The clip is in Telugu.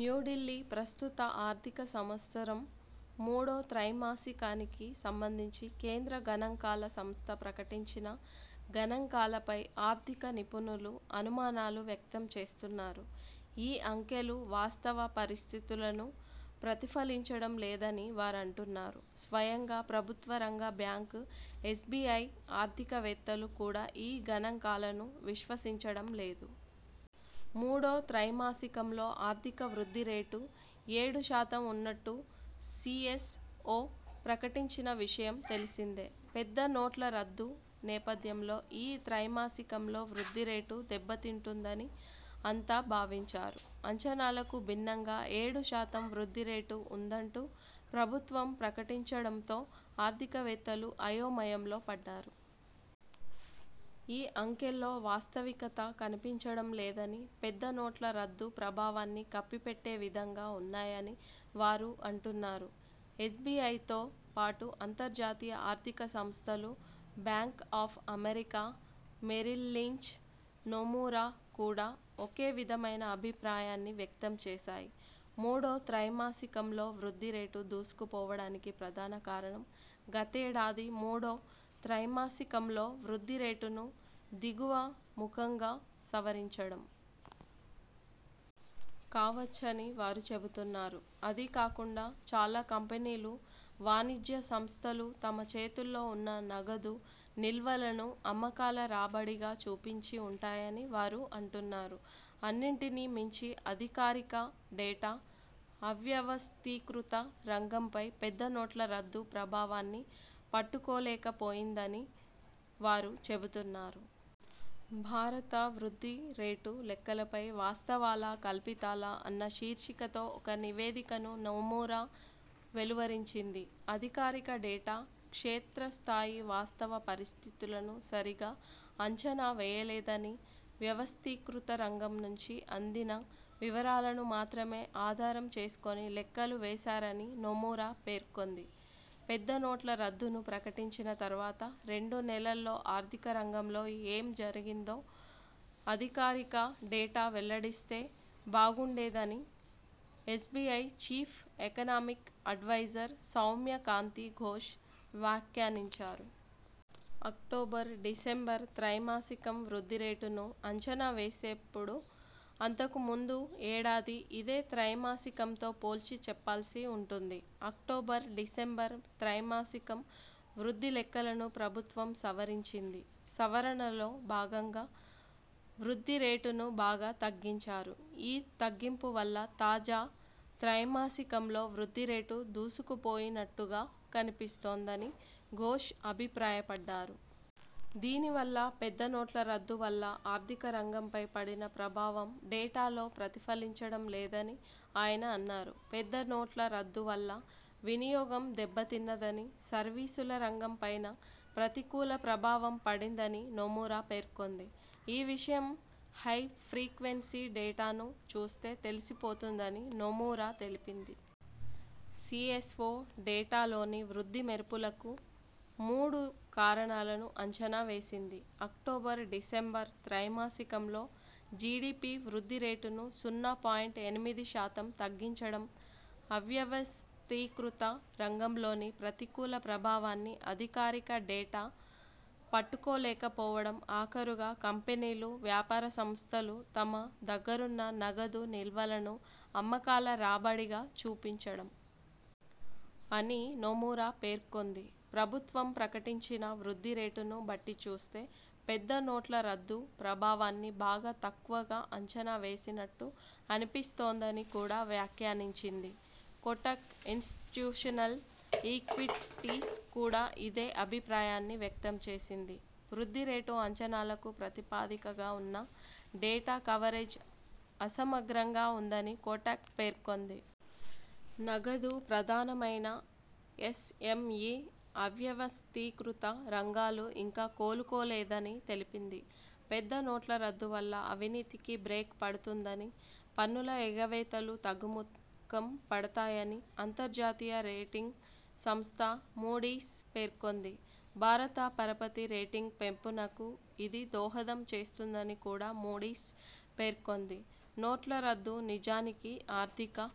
న్యూఢిల్లీ ప్రస్తుత ఆర్థిక సంవత్సరం మూడో త్రైమాసికానికి సంబంధించి కేంద్ర గణాంకాల సంస్థ ప్రకటించిన గణాంకాలపై ఆర్థిక నిపుణులు అనుమానాలు వ్యక్తం చేస్తున్నారు. ఈ అంకెలు వాస్తవ పరిస్థితులను ప్రతిఫలించడం లేదని వారంటున్నారు. స్వయంగా ప్రభుత్వ రంగ బ్యాంకు ఎస్బిఐ ఆర్థికవేత్తలు కూడా ఈ గణాంకాలను విశ్వసించడం లేదు. మూడో త్రైమాసికంలో ఆర్థిక వృద్ధి రేటు ఏడు శాతం ఉన్నట్టు సి ఎస్ ఒ ప్రకటించిన విషయం తెలిసిందే. పెద్ద నోట్ల రద్దు నేపథ్యంలో ఈ త్రైమాసికంలో వృద్ధి రేటు దెబ్బతింటుందని అంతా భావించారు. అంచనాలకు భిన్నంగా ఏడు శాతం వృద్ధి రేటు ఉందంటూ ప్రభుత్వం ప్రకటించడంతో ఆర్థికవేత్తలు అయోమయంలో పడ్డారు. ఈ అంకెల్లో వాస్తవికత కనిపించడంలేదని, పెద్ద నోట్ల రద్దు ప్రభావాన్ని కప్పిపెట్టే విధంగా ఉన్నాయని వారు అంటున్నారు. ఎస్బిఐతో పాటు అంతర్జాతీయ ఆర్థిక సంస్థలు Bank of America Merrill Lynch, Nomura కూడా ఒకే విధమైన అభిప్రాయాన్ని వ్యక్తం చేశాయి. మూడో త్రైమాసికంలో వృద్ధి రేటు దూసుకుపోవడానికి ప్రధాన కారణం, గతేడాది మూడో త్రైమాసికంలో వృద్ధి రేటును దిగువముఖంగా సవరించడం.. కావచ్చని వారు చెబుతున్నారు. అదీకాకుండా చాలా కంపెనీలు, వాణిజ్య సంస్థలు తమ చేతుల్లో ఉన్న నగదు నిల్వలను అమ్మకాల రాబడిగా చూపించి ఉంటాయని వారు అంటున్నారు. అన్నింటినీ మించి అధికారిక డేటా, అవ్యవస్థీకృత రంగంపై పెద్ద నోట్ల రద్దు ప్రభావాన్ని పట్టుకోలేక పోయిందని వారు చెబుతున్నారు. భారత వృద్ధి రేటు లెక్కలపై ''వాస్తవాలా, కల్పితాలా'' అన్న శీర్షికతో ఒక నివేదికను నొమురా వెలువరించింది. అధికారిక డేటా క్షేత్రస్థాయి వాస్తవ పరిస్థితులను సరిగా అంచనా వేయలేదనీ, వ్యవస్థీకృత రంగం నుంచి అందిన వివరాలను మాత్రమే ఆధారం చేసుకొని లెక్కలు వేశారని నొమురా పేర్కొంది. పెద్ద నోట్ల రద్దును ప్రకటించిన తర్వాత రెండు నెలల్లో ఆర్థిక రంగంలో ఏ జరిగిందో, అధికారిక డేటా వెల్లడిస్తే బాగుండేదని SBI chief economic adviser Soumya Kanti Ghosh వ్యాఖ్యానించారు. అక్టోబర్-డిసెంబర్ త్రైమాసికం వృద్ధి రేటును అంచనా వేసేప్పుడు అంతకు ముందు ఏడాది ఇదే త్రైమాసికంతో పోల్చి చెప్పాల్సి ఉం టుంది. అక్టోబర్-డిసెంబర్ త్రైమాసికం వృద్ధి లెక్కలను ప్రభుత్వం సవరించింది. సవరణలో భాగం గా వృద్ధి రేటును బాగా తగ్గించారు. ఈ తగ్గింపు వల్ల తాజా త్రైమాసికంలో వృద్ధి రేటు దూసుకుపోయినట్టుగా కనిపిస్తోందని ఘోష్ అభిప్రాయపడ్డారు. దీనివల్ల పెద్ద నోట్ల రద్దు వల్ల ఆర్థిక రంగంపై పడిన ప్రభావం డేటా లో ప్రతిఫలించడం లేదని ఆయన అన్నారు. పెద్ద నోట్ల రద్దు వల్ల వినియోగం దెబ్బతిన్నదని, సర్వీసుల రంగం పైనా ప్రతికూల ప్రభావం పడిందని నొమురా పేర్కొంది. ఈ విషయం హై ఫ్రీక్వెన్సీ డేటాను చూస్తే తెలిసిపోతుందని నొమురా తెలిపింది. సిఎ్సఒ డేటాలోని వృద్ధి మెరుపులకు మూడు కారణాలను అంచనా వేసింది. అక్టోబర్-డిసెంబర్ త్రైమాసికంలో జిడిపి వృద్ధి రేటును సున్నా పాయింట్ ఎనిమిది శాతం తగ్గించడం, అవ్యవస్థీకృత రంగంలోని ప్రతికూల ప్రభావాన్ని అధికారిక డేటా పట్టుకోలేక పోవడం ఆఖరుగా కంపెనీలు, వ్యాపార సంస్థలు తమ దగ్గరున్న నగదు నిల్వలను అమ్మకాల రాబడిగా చూపించడం.. అని నొమురా పేర్కొంది. ప్రభుత్వం ప్రకటించిన వృద్ధి రేటును బట్టిచూస్తే, పెద్ద నోట్ల రద్దు ప్రభావాన్ని బాగా తక్కువగా అంచనా వేసినట్టు అనిపిస్తోందని కూడా వ్యాఖ్యానించింది. కోటక్ ఇనిస్టిట్యూషనల్ ఈక్విటీస్ కూడా ఇదే అభిప్రాయాన్ని వ్యక్తం చేసింది. వృద్ధి రేటు అంచనాలకు ప్రాతిపదికగా ఉన్న డేటా కవరేజ్ అసమగ్రంగా ఉందని కోటక్ పేర్కొంది. నగదు ప్రధానమైన ఎస్ ఎం ఇ, అవ్యవస్థీకృత రంగాలు ఇంకా కోలుకోలేదని తెలిపింది. పెద్ద నోట్ల రద్దు వల్ల అవినీతికి బ్రేక్ పడుతుందని, పన్నుల ఎగవేతలు తగ్గుముఖం పడతాయని అంతర్జాతీయ రేటింగ్ సంస్ధ మూడీస్ పేర్కొంది. భారత పరపతి రేటింగ్ పెంపునకు ఇది దోహదం చేస్తుందని కూడా మూడీస్ పేర్కొంది. నోట్ల రద్దు నిజానికి ఆర్థిక